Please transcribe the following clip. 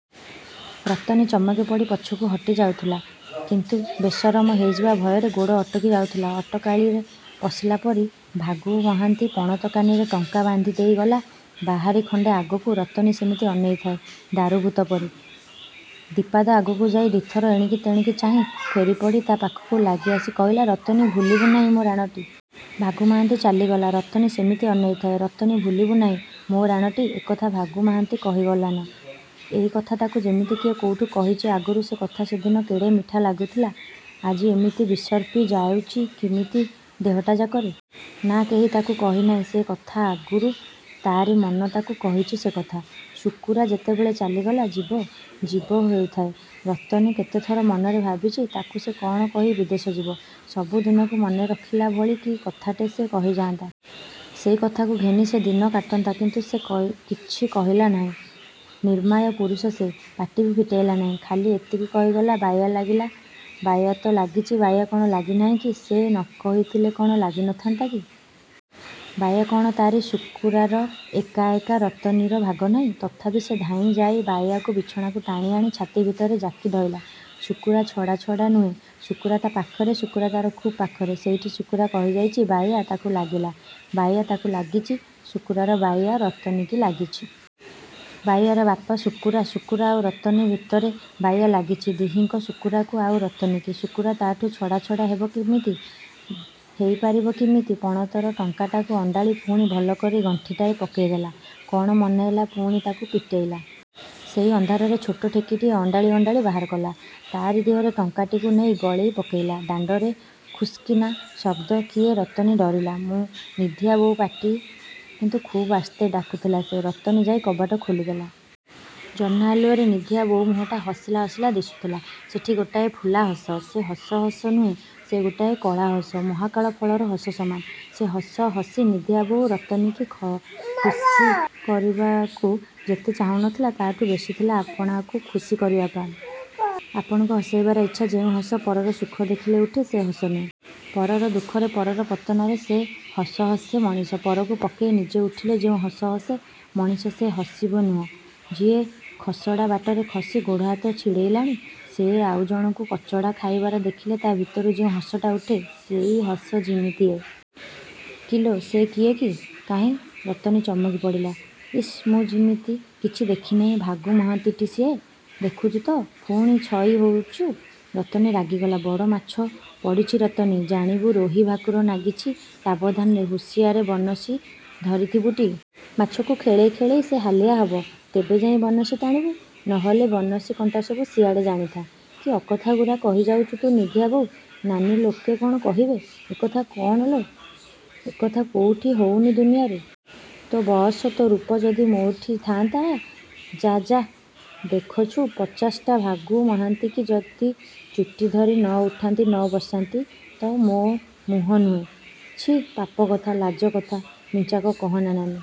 ରତନୀ ଚମକି ପଡ଼ି ପଛକୁ ହଟି ଯାଉଥିଲା। କିନ୍ତୁ ବେସରମ ''ହେଇଯିବା ଭୟରେ ଗୋଡ଼ ଅଟକି ଯାଉଥିଲା–ଅଟକାଳିରେ ପଶିଲାପରି। ଭାଗୁ ମହାନ୍ତି ପଣତ କାନିରେ ଟଙ୍କା ବାନ୍ଧି ଦେଇ ଗଲା ବାହାରି ଖଣ୍ଡେ ଆଗକୁ, ରତନୀ ସେମିତି ଅନେଇ ଥାଏ–ଦାରୁଭୂତ ପରି। ଦିପାଦ ଆଗକୁ ଯାଇ ଦି'ଥର ଏଣିକି ତେଣିକି ଚାହିଁ–ଫେରିପଡ଼ି ତା' ପାଖକୁ ଲାଗିଆସି କହିଲା–''ରତନୀ ଭୁଲିବୁ ନାହିଁ–ମୋ ରାଣଟି। '' ଭାଗୁ ମହାନ୍ତି ଚାଲିଗଲା। ରତନୀ ସେମିତି ଅନେଇ ଥାଏ, ''ରତନୀ, ଭୁଲିବୁ ନାହିଁ, ମୋ ରାଣଟି! '' ଏକଥା ଭାଗୁ ମହାନ୍ତି କହିଗଲାନା! ଏଇ କଥା ତାକୁ ଯେମିତି କିଏ କୋଉଠି କହିଚି ଆଗରୁ। ସେ କଥା ସେ ଦିନ କେଡ଼େ ମିଠା ଲାଗିଥିଲା–ଆଜି ଏମିତି ବିଷର୍ପି ଯାଉଚି କିମିତି ଦେହଟାଯାକରେ। ନା, କେହି ତାକୁ କହିନାହିଁ ସେ କଥା ଆଗରୁ। ତା'ରି ମନ ତାକୁ କହିଛି ସେ କଥା। ଶୁକୁରା ଯେତେବେଳେ ଚାଲିଗଲା–ଯିବ, ଯିବ ହେଉଥାଏ–ରତନୀ କେତେଥର ମନରେ ଭାବିଛି–ତାକୁ ସେ କ'ଣ କହି ବିଦେଶ ଯିବ। ସବୁ ଦିନକୁ ମନେ ରଖିଲା ଭଳି କି କଥାଟେ ସେ କହିଯାନ୍ତା। ସେଇ କଥାକୁ ଘେନି ସେ ଦିନ କାଟନ୍ତା। କିନ୍ତୁ ସେ କିଛି କହିଲା ନାହିଁ। ନିର୍ମାୟା ପୁରୁଷ ସେ। ପାଟିବି ଫିଟେଇଲା ନାହିଁ। ଖାଲି ଏତିକି କହିଗଲା–ବାଇୟା ଲାଗିଲା। ବାୟା ତ ଲାଗିଚି–ବାୟା କ'ଣ ଲାଗିନାହିଁ କି। ସେ ନକହିଥିଲେ କ'ଣ ଲାଗି ନ ଥାନ୍ତିକି। ବାୟା କ'ଣ ତା'ରି–ଶୁକୁରାର ଏକା ଏକା–ରତନୀର ଭାଗ ନାହିଁ। ତଥାପି ସେ ଧାଇଁ ଯାଇଁ ବାୟାକୁ ବିଛଣାକୁ ଟାଣିଆଣି ଛାତି ଭିତରେ ଯାକି ଧଇଲା। ଶୁକୁରା ଛଡ଼ା ଛଡ଼ା ନୁହେଁ। ଶୁକୁରା ତା' ପାଖରେ। ଶୁକୁରା ତା'ର ଖୁବ୍ ପାଖରେ। ହେଇଟି ଶୁକୁରା କହିଯାଇଚି–ବାଇୟା ତାକୁ ଲାଗିଲା–ବାୟା ତାକୁ ଲାଗିଚି–ଶୁକୁରାର ବାଇୟା ରତନୀକି ଲାଗିଛି। ବାଇୟାର ବାପ ଶୁକୁରା। ଶୁକୁରା ଆଉ ରତନୀ ଭିତରେ ବାଇୟା ଲାଗିଛି–ଦିହିଁଙ୍କି–ଶୁକୁରାକୁ, ଆଉ ରତନୀକି। ଶୁକୁରା ତା'ଠୁ ଛଡ଼ା ଛଡ଼ା ହେବ କିମିତି? ହେଇ ପାରିବ କିମିତି? ପଣତର ଟଙ୍କାଟାକୁ ଅଣ୍ଡାଳି–ପୁଣି ଭଲ କରି ଗଣ୍ଠିଟାଏ ପକେଇ ଦେଲା। କ'ଣ ମନହେଲା ପୁଣି ତାକୁ ପିଟେଇଲା। ସେଇ ଅନ୍ଧାରରେ ଛୋଟ ଠେକିଟିଏ ଅଣ୍ଡାଳି ଅଣ୍ଡାଳି ବାହାରିକଲା। ତା'ରି ଦିହରେ ଟଙ୍କାଟିକୁ ନେଇ ଗଳେଇ ପକେଇଲା। ଦାଣ୍ଡରେ ଖୁସ୍କିନା ଶବ୍ଦ। କିଏ! ରତନୀ ଡରିଲା। ''ମୁଁ! '' ନିଧିଆ ବୋଉ ପାଟି। କିନ୍ତୁ ଖୁବ୍ ଆସ୍ତେ–ଡାକୁଥିଲା ସେ। ରତନୀ ଯାଇ କବାଟ ଖୋଲି ଦେଲା। ଜହ୍ନ ଆଲୁଅରେ ନିଧିଆ ବୋଉ ମୁହଁଟା ହସିଲା ହସିଲା ଦିଶୁଥିଲା। ସେଠି ଗୋଟାଏ ଫୁଲା ହସ। ସେ ହସ, ହସ ନୁହେ–ସେ ଗୋଟାଏ କଳାହସ–ମହାକାଳଫଳର ହସ ସମାନ। ସେ ହସ ହସି ନିଧିଆ ବୋଉ ରତନୀକି ଖୁସି କରିବାକୁ ଯେତେ ଚାହୁଁ ନଥିଲା, ତା'ଠୁ ବେଶିଥିଲା ଆପଣାକୁ ଖୁସି କରିବାପାଇଁ–ଆପଣାକୁ ହସେଇବାର ଇଚ୍ଛା, ଯେଉଁ ହସ ପରର ସୁଖ ଦେଖିଲେ ଉଠେ, ସେ ହସ ନୁହେଁ। ପରର ଦୁଃଖରେ, ପରର ପତନରେ ସେ ହସ ହସେ ମଣିଷ। ପରକୁ ପକେଇ ନିଜେ ଉଠିଲେ ଯେଉଁ ହସ ହସେ, ମଣିଷ ସେ ହସବି ନୁହେଁ, ଯିଏ ଖସଡ଼ାବାଟରେ ଖସି ଗୋଡ଼ହାତ ଛିଡ଼େଇଲାଣି, ସେ ଆଉ ଜଣକୁ କଚଡ଼ା ଖାଇବାର ଦେଖିଲେ ତା' ଭିତରୁ ଯେଉଁ ହସଟା ଉଠେ, ସେଇ ହସ ଯିମିତି ଏ। ''କିଲୋ, ସେ କିଏ କି? '' ''କାହିଁ! '' ରତନୀ ଚମକି ପଡ଼ିଲା। ''ଇସ ମୁଁ ଯିମିତି କିଛି ଦେଖିନାହିଁ–ଭାଗୁ ମହାନ୍ତିଟି ସିଏ! '' ''ଦେଖିଛୁ ତ, ପୁଣି ଛଇ ହଉଚୁ? '' ରତନୀ ରାଗିଗଲା। ''ବଡ଼ ମାଛ ପଡ଼ିଛି ରତନୀ, ଜାଣିବୁ ରୋହି ଭାକୁର ନାଗିଚି–ସାବଧାନରେ ହୁସିଆରେ ବନଶୀ ଧରିଥିବୁଟି! ମାଛକୁ ଖେଳେଇ ଖେଳେଇ ସେ ହାଲିଆ ହବ ତେବେ ଯାଇଁ ବନଶୀ ଟାଣିବୁ-। ନଇଲେ ବନଶୀ, କଣ୍ଟା ସବୁ ସିଆଡ଼େ–ଜାଣିଥା। '' ''କି ଅକଥାଗୁରା କହି ଯାଉଚୁ ତୁ ନିଧିଆ ବୋଉ ନାନୀ ଲୋକେ କ'ଣ କହିବେ। '' ''ଅକଥା କ'ଣଲୋ? ଏକଥା କୋଉଠି ହଉନି ଦୁନିଆରେ? ''ତୋ ବଅସ, ତୋ ରୂପ ଯଦି ମୋଠି ଥାଆନ୍ତା–ଯା ଯା–ଦେଖଛୁ ପଚାଶଟା ଭାଗୁ ମହାନ୍ତିଙ୍କି ଯଦି ଚୁଟି ଧରି ନ ଉଠାନ୍ତି ନ ବସାନ୍ତି ତ ମୋ ମୁହଁ ନୁହେଁ। '' ''ଛି ପାପ କଥା; ଲାଜ କଥା ମିଞ୍ଚାକ କହନା ନାନୀ।